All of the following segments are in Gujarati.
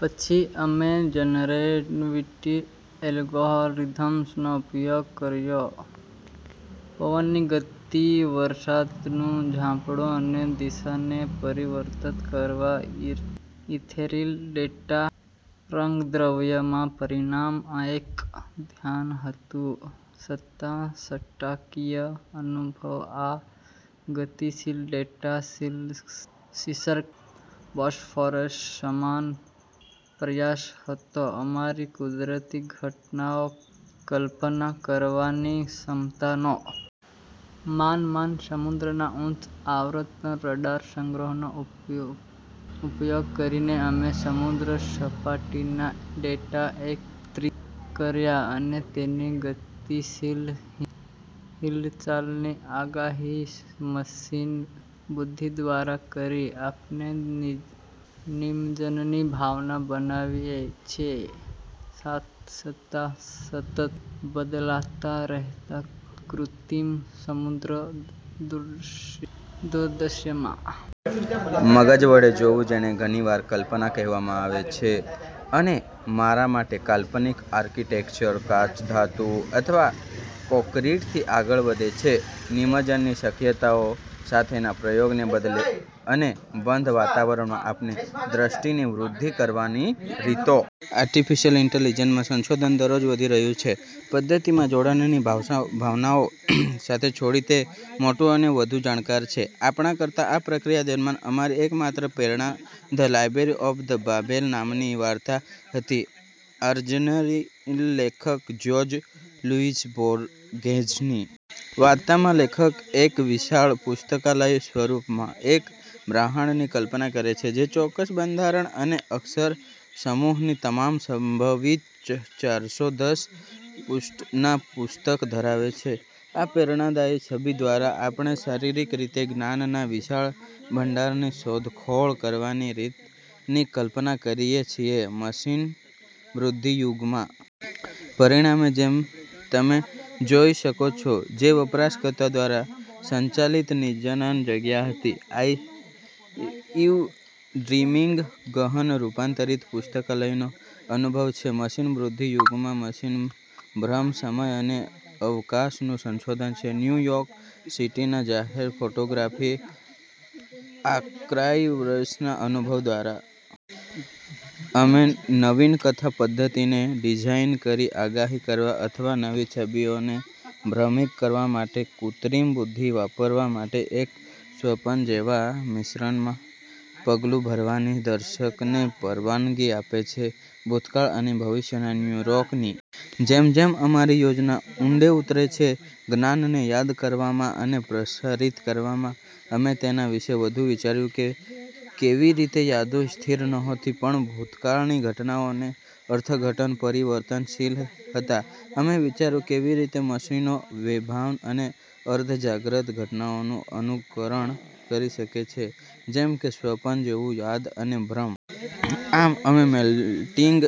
પછી અમે જનરેટિવ એલ્ગોરિધમ્સનો ઉપયોગ કર્યો પવનની ગતિ, વરસાદનું ઝાપટું અને દિશા ને પરિવર્તત કરવા ઇથેરીલ ડેટા રંગદ્રવ્યમાં. પરિણામ એક ધ્યાન હતું છતાં સટ્ટાકીય અનુભવ. આ ગતિશીલ ડેટા શિલ્પ, શિષક "બોસ્ફોરસ," સમાન પ્રયાસ હતો અમારી કુદરતી ઘટનાઓની કલ્પના કરવાની ક્ષમતા નો. મારમાર સમુદ્રના ઉચ્ચ-આવર્તન રડાર સંગ્રહનો ઉપયોગ કરીને અમે સમુદ્ર સપાટીના ડેટા એકત્રિત કર્યા અને તેની ગતિશીલ હિલચાલની આગાહી મશીન બુદ્ધિ દ્વારા કરી. આપણે નિમજ્જનની ભાવના બનાવીએ છીએ શાંત છતાં સતત બદલાતા રહેતા કૃત્રિમ સમુદ્ર દ્ર દૃશ્યમાં. મગજ વડે જોવું જેને ઘણીવાર કલ્પના કહેવામાં આવે છે, અને મારા માટે, કાલ્પનિક આર્કિટેક્ચર કાચ, ધાતુ અથવા કોંક્રિટથી આગળ વધે છે, નિમજ્જનની શક્યતાઓ સાથેના પ્રયોગ ને બદલે અને બંધ વાતાવારણમાં આપણી દ્રષ્ટિની વૃદ્ધિ કરવાની રીતો. આર્ટિફિશિયલ ઇન્ટેલિજન્સમાં સંશોધન દરરોજ વધી રહ્યું છે, પદ્ધતિમાં જોડાણ ની ભાવનાઓ સાથે છોડી તે મોટું અને વધુ જાણકાર છે આપણા કરતા. આ પ્રક્રિયા દરમિયાન અમારી એકમાત્ર પ્રેરણા "ધ લાઇબ્રેરી ઓફ બાબેલ" નામની વાર્તા હતી આર્જેનરીન લેખક જ્યોર્જ લુઈસ બોર્ગેઝ ની. વાર્તામાં લેખક એક વિશાળ પુસ્તકાલય સ્વરૂપમાં એક બ્રહ્માંડની કલ્પના કરે છે જે ચોક્કસ બંધારણ અને અક્ષર સમૂહની તમામ સંભવિત ચારસો દસ પૃષ્ઠના પુસ્તક ધરાવે છે. આ પ્રેરણાદાયી છબી દ્વારા, આપણે શારીરિક રીતે જ્ઞાનના વિશાળ ભંડારની શોધખોળ કરવાની રીતની કલ્પના કરીએ છીએ, મશીન બુદ્ધિ યુગમાં. પરિણામે, જેમ તમે જોઈ શકો છો, તે વપરાશકર્તા દ્વારા સંચાલિત નિમજ્જન જગ્યા હતી. "આર્કાઇવ ડ્રીમીંગ" ગહન રૂપાંતરિત પુસ્તકાલયનો અનુભવ છે મશીન બુદ્ધિ યુગમાં. "મશીન ભ્રમ" સમય અને અવકાશનું સંશોધન છે ન્યૂ યોર્ક સિટીના જાહેર ફોટોગ્રાફિક આર્કાઇવ્સના અનુભવ દ્વારા. અમે નવીન કથા પદ્ધતિને ડિઝાઇન કરી આગાહી કરવા અથવા નવી છબીઓને ભ્રમિત કરવા માટે કૃત્રિમ બુદ્ધિ વાપરવા માટે, એક સ્વપ્ન જેવા મિશ્રણ માં પગલું ભરવાની દર્શકને પરવાનગી આપે છે ભૂતકાળ અને ભવિષ્યના ન્યૂયોર્ક ની. જેમ જેમ અમારી યોજના ઊંડે ઉતરે છે જ્ઞાનને યાદ કરવામાં અને પ્રસારિત કરવામાં, અમે તેના વિશે વધુ વિચાર્યું કે કેવીરીતે યાદો સ્થિર નહોતી પણ ભૂતકાળની ઘટનાઓનો અર્થઘટન પરિવર્તનશીલ હતા. અમે વિચાર્યું કેવી રીતે મશીનો બેભાન અને અર્ધજાગ્રત ઘટનાઓનું અનુકરણ કરી શકે છે, જેમ કે સ્વપ્ન જોવું, યાદ અને ભ્રમ. આમ, અમે "મેલ્ટીંગ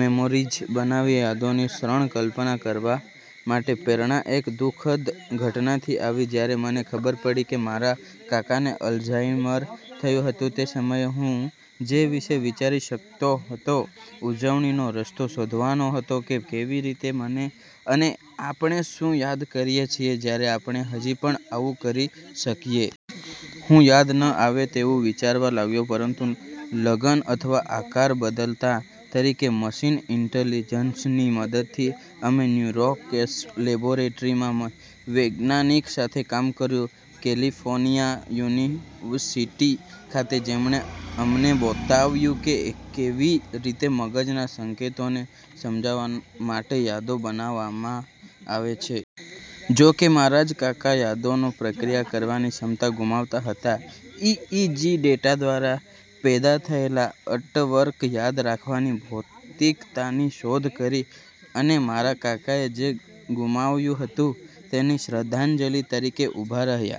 મેમોરીઝ" બનાવી યાદોની ક્ષણ કલ્પના કરવા માટે. પ્રેરણા એક દુ: ખદ ઘટનાથી આવી, જ્યારે મને ખબર પડી કે મારા કાકાને અલ્ઝાઇમર થયું હતું. તે સમયે, હું જે વિશે વિચારી શકતો હતો ઉજવણીનો રસ્તો શોધવાનો હતો કે કેવી રીતે અને આપણે શું યાદ કરીએ છીએ જ્યારે આપણે હજી પણ આવું કરી શકીએ. હું યાદ ન આવે તેવું વિચારવા લાગ્યો પરંતુ ગલન અથવા આકાર બદલતા તરીકે. મશીન ઇન્ટેલિજન્સની મદદથી, અમે ન્યુરોસ્કેપ લેબોરેટરીમાં વૈજ્ઞાનીક સાથે કામ કર્યું કેલિફોર્નિયા યુનિવર્સિટી ખાતે, જેમણે અમને બતાવ્યું કે કેવી રીતે મગજના સંકેતોને સમજવા માટે યાદો બનાવવામાં આવે છે. જોકે મારા જ કાકા યાદોને પ્રક્રિયા કરવાની ક્ષમતા ગુમાવતા હતા, ઇઇજી ડેટા દ્વારા પેદા થયેલ આર્ટવર્ક યાદ રાખવાની ભૌતિકતાની શોધ કરી અને મારા કાકાએ જે ગુમાવ્યું હતું તેની શ્રદ્ધાંજલિ તરીકે ઉભા રહ્યા.